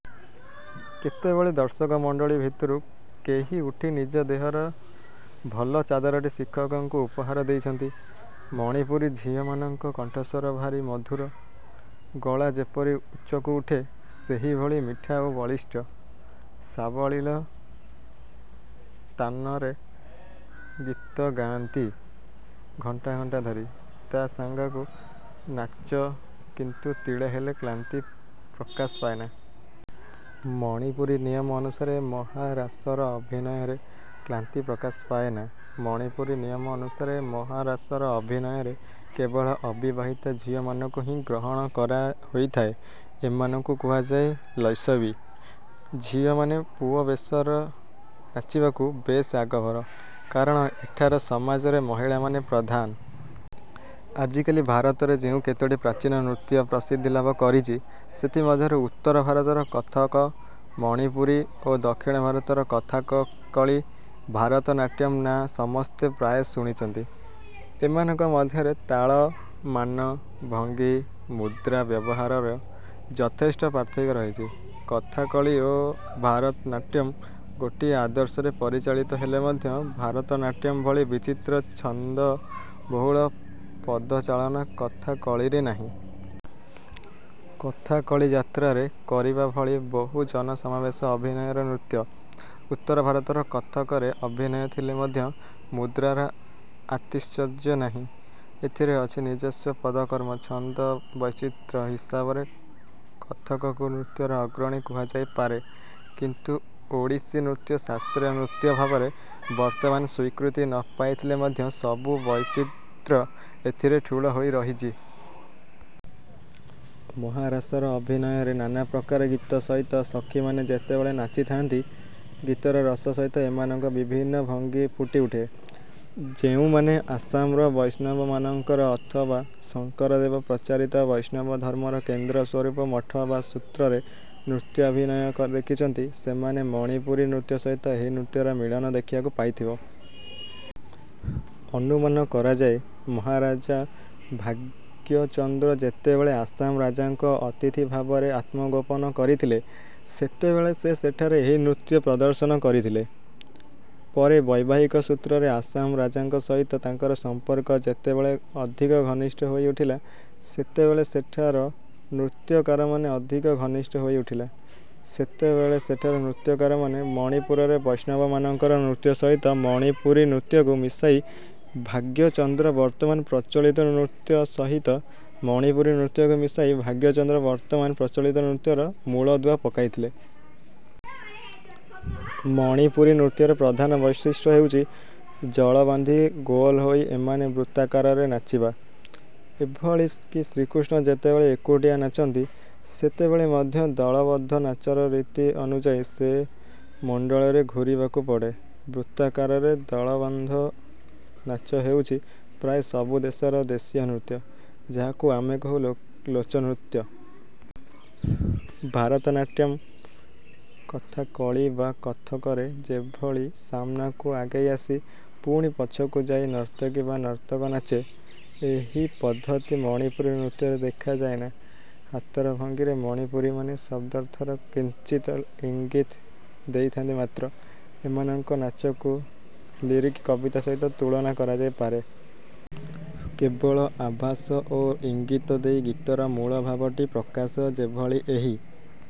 କେତେବେଳେ ଦର୍ଶକମଣ୍ଡଳୀ ଭିତରୁ କେହି ଉଠି ନିଜ ଦେହର ଭଲ ଚାଦରଟି ଶିକ୍ଷକଙ୍କୁ ଉପହାର ଦେଇଛନ୍ତି। ମଣିପୁରୀ ଝିଅମାନଙ୍କ କଣ୍ଠସ୍ୱର ଭାରି ମଧୁର। ଗଳା ଯେପରି ଉଚ୍ଚକୁ ଉଠେ, ସେହିଭଳି ମିଠା ଓ ବଳିଷ୍ଠ। ସାବଲୀଳ ତାନରେ ଗୀତ ଗାଆନ୍ତି ଘଣ୍ଟା ଘଣ୍ଟା ଧରି, ତା ସାଙ୍ଗାକୁ ନାଚ-କିନ୍ତୁ ତିଳେହେଲେ କ୍ଲାନ୍ତି ପ୍ରକାଶ ପାଏନା। ମଣିପୁରୀ ନିୟମ ଅନୁସାରେ ମହାରାସର ଅଭିନୟରେ କ୍ଲାନ୍ତି ପ୍ରକାଶ ପାଏନା। ମଣିପୁରୀ ନିୟମ ଅନୁସାରେ ମହାରାସର ଅଭିନୟରେ କେବଳ ଅବିବାହିତା ଝିଅ ମାନଙ୍କୁ ହିଁ ଗ୍ରହଣ କରାହୋଇଥାଏ। ଏମାନଙ୍କୁ କୁହାଯାଏ ''ଲୈସବୀ''। ଝିଅମାନେ ପୁଅ ବେଶର ନାଚିବାକୁ ବେଶ୍ ଆଗଭର। କାରଣ ଏଠାର ସମାଜରେ ମହିଳାମାନେ ପ୍ରଧାନ। ଆଜିକାଲି ଭାରତରେ ଯେଉଁ କେତୋଟି ପ୍ରାଚୀନ ନୃତ୍ୟ ପ୍ରସିଦ୍ଧିଲାଭ କରିଚି, ସେଥିମଧ୍ୟରୁ ଉତ୍ତର-ଭାରତର କଥକ, ମଣିପୁରୀ ଓ ଦକ୍ଷିଣ-ଭାରତର କଥାକଳି, ଭାରତନାଟ୍ୟମ୍ ନାଁ ସମସ୍ତେ ପ୍ରାୟ ଶୁଣିଚନ୍ତି। ଏମାନଙ୍କ ମଧ୍ୟରେ ତାଳ, ମାନ, ଭଙ୍ଗୀ, ମୁଦ୍ରା ବ୍ୟବହାରରେ ଯଥେଷ୍ଟ ପାର୍ଥକ୍ୟ ରହିଛି। କଥାକଳି ଓ ଭାରତ ନାଟ୍ୟମ୍ ଗୋଟିଏ ଆଦର୍ଶରେ ପରିଚାଳିତ ହେଲେ ମଧ୍ୟ ଭାରତନାଟ୍ୟମ୍ ଭଳି ବିଚିତ୍ର ଛନ୍ଦବହୁଳ ପଦଚାଳନା କଥାକଳିରେ ନାହିଁ। କଥାକଳି ଯାତ୍ରାରେ କରିବା ଭଳି ବହୁଜନସମାବେଶ ଅଭିନୟର ନୃତ୍ୟ। ଉତ୍ତର-ଭାରତର କଥକରେ ଅଭିନୟ ଥିଲେ ମଧ୍ୟ ମୁଦ୍ରାର ଆତିଶଯ୍ୟ ନାହିଁ। ଏଥିରେ ଅଛି ନିଜସ୍ୱ ପଦକର୍ମ। ଛନ୍ଦ ବୈଚିତ୍ର୍ୟ ହିସାବରେ କଥକକୁ ନୃତ୍ୟର ଅଗ୍ରଣୀ କୁହାଯାଇପାରେ। କିନ୍ତୁ ଓଡ଼ିଶୀ ନୃତ୍ୟ ଶାସ୍ତ୍ରୀୟ ନୃତ୍ୟ ଭାବରେ ବର୍ତ୍ତମାନ ସ୍ୱୀକୃତି ନ ପାଇଥିଲେ ମଧ୍ୟ ସବୁ ବୈଚିତ୍ର୍ୟ ଏଥିରେ ଠୁଳ ହୋଇ ରହିଚି। ମହାରାସର ଅଭିନୟରେ ନାନାପ୍ରକାର ଗୀତ ସହିତ ସଖୀମାନେ ଯେତେବେଳେ ନାଚି ଥାଆନ୍ତି, ଗୀତର ରସ ସହିତ ଏମାନଙ୍କ ବିଭିନ୍ନ ଭଙ୍ଗି ଫୁଟିଉଠେ। ଯେଉଁମାନେ ଆସାମର ବୈଷ୍ଣବମାନଙ୍କର ଅଥବା ଶଙ୍କରଦେବ ପ୍ରଚାରିତ ବୈଷ୍ଣବ ଧର୍ମର କେନ୍ଦ୍ର ସ୍ୱରୂପ 'ମଠ' ବା 'ସୂତ୍ର'ରେ ନୃତ୍ୟାଭିନୟ ଦେଖିଚନ୍ତି, ସେମାନେ ମଣିପୁରୀ ନୃତ୍ୟ ସହିତ ଏହି ନୃତ୍ୟର ମିଳନ ଦେଖିବାକୁ ପାଇଥିବ। ଅନୁମାନ କରାଯାଏ, ମହାରାଜା ଭାଗ୍ୟଚନ୍ଦ୍ର ଯେତେବେଳେ ଆସାମ ରାଜାଙ୍କ ଅତିଥି ଭାବରେ ଆତ୍ମଗୋପନ କରିଥିଲେ, ସେତେବେଳେ ସେ ସେଠାରେ ଏହି ନୃତ୍ୟ ପ୍ରଦର୍ଶନ କରିଥିଲେ। ପରେ ବୈବାହିକ ସୂତ୍ରରେ ଆସାମ ରାଜାଙ୍କ ସହିତ ତାଙ୍କର ସମ୍ପର୍କ ଯେତେବେଳେ ଅଧିକ ଘନିଷ୍ଠ ହୋଇ ଉଠିଲା, ସେତେବେଳେ ସେଠାର ନୃତ୍ୟକାରମାନେ ଅଧିକ ଘନିଷ୍ଠ ହୋଇ ଉଠିଲା, ସେତେବେଳେ ସେଠାର ନୃତ୍ୟକାରମାନେ ମଣିପୁରରେ ବୈଷ୍ଣବମାନଙ୍କର ନୃତ୍ୟ ସହିତ ମଣିପୁରୀ ନୃତ୍ୟକୁ ମିଶାଇ ଭାଗ୍ୟଚନ୍ଦ୍ର ବର୍ତ୍ତମାନ ପ୍ରଚଳିତ ନୃତ ସହିତ ମଣିପୁରୀ ନୃତ୍ୟକୁ ମିଶାଇ ଭାଗ୍ୟଚନ୍ଦ୍ର ବର୍ତ୍ତମାନ ପ୍ରଚଳିତ ନୃତ୍ୟର ମୂଳଦୁଆ ପକାଇଥିଲେ। ମଣିପୁରୀ ନୃତ୍ୟର ପ୍ରଧାନ ବୈଶିଷ୍ଟ୍ୟ ହେଉଚି, ଜଳବାନ୍ଧି ଗୋଲ ହୋଇ ଏମାନେ ବୃତ୍ତାକାରରେ ନାଚିବା। ଏଭଳି କି ଶ୍ରୀକୃଷ୍ଣ ଯେତେବେଳେ ଏକୁଟିଆ ନାଚନ୍ତି, ସେତେବେଳେ ମଧ୍ୟ ଦଳବଦ୍ଧ ନାଚର ରୀତି ଅନୁଯାୟୀ ସେ ମଣ୍ଡଳରେ ଘୂରିବାକୁ ପଡ଼େ। ବୃତ୍ତାକାରରେ ଦଳବାନ୍ଧ ନାଚ ହେଉଚି ପ୍ରାୟ ସବୁ ଦେଶର ଦେଶୀୟ ନୃତ୍ୟ, ଯାହାକୁ ଆମେ କହୁ 'ଲୋଚନୃତ୍ୟ'। ଭାରତନାଟ୍ୟମ୍, କଥା କଳି ବା କଥକରେ ଯେଭଳି ସାମନାକୁ ଆଗେଇ ଆସି, ପୁଣି ପଛକୁ ଯାଇ ନର୍ତ୍ତକୀ ବା ନର୍ତ୍ତକ ନାଚେ, ଏହି ପଦ୍ଧତି ମଣିପୁରୀ ନୃତ୍ୟରେ ଦେଖାଯାଏନା। ହାତର ଭଙ୍ଗୀରେ ମଣିପୁରୀମାନେ ଶବ୍ଦର୍ଥର କିଞ୍ଚିତ ଇଙ୍ଗିତ୍ ଦେଇଥାନ୍ତି ମାତ୍ର। ଏମାନଙ୍କ ନାଚକୁ ଲିରିକ କବିତା ସହିତ ତୁଳନା କରାଯାଇପାରେ। କେବଳ ଆଭାସ ଓ ଇଙ୍ଗିତ ଦେଇ ଗୀତର ମୂଳଭାବଟି ପ୍ରକାଶ ଯେଭଳି ଏହି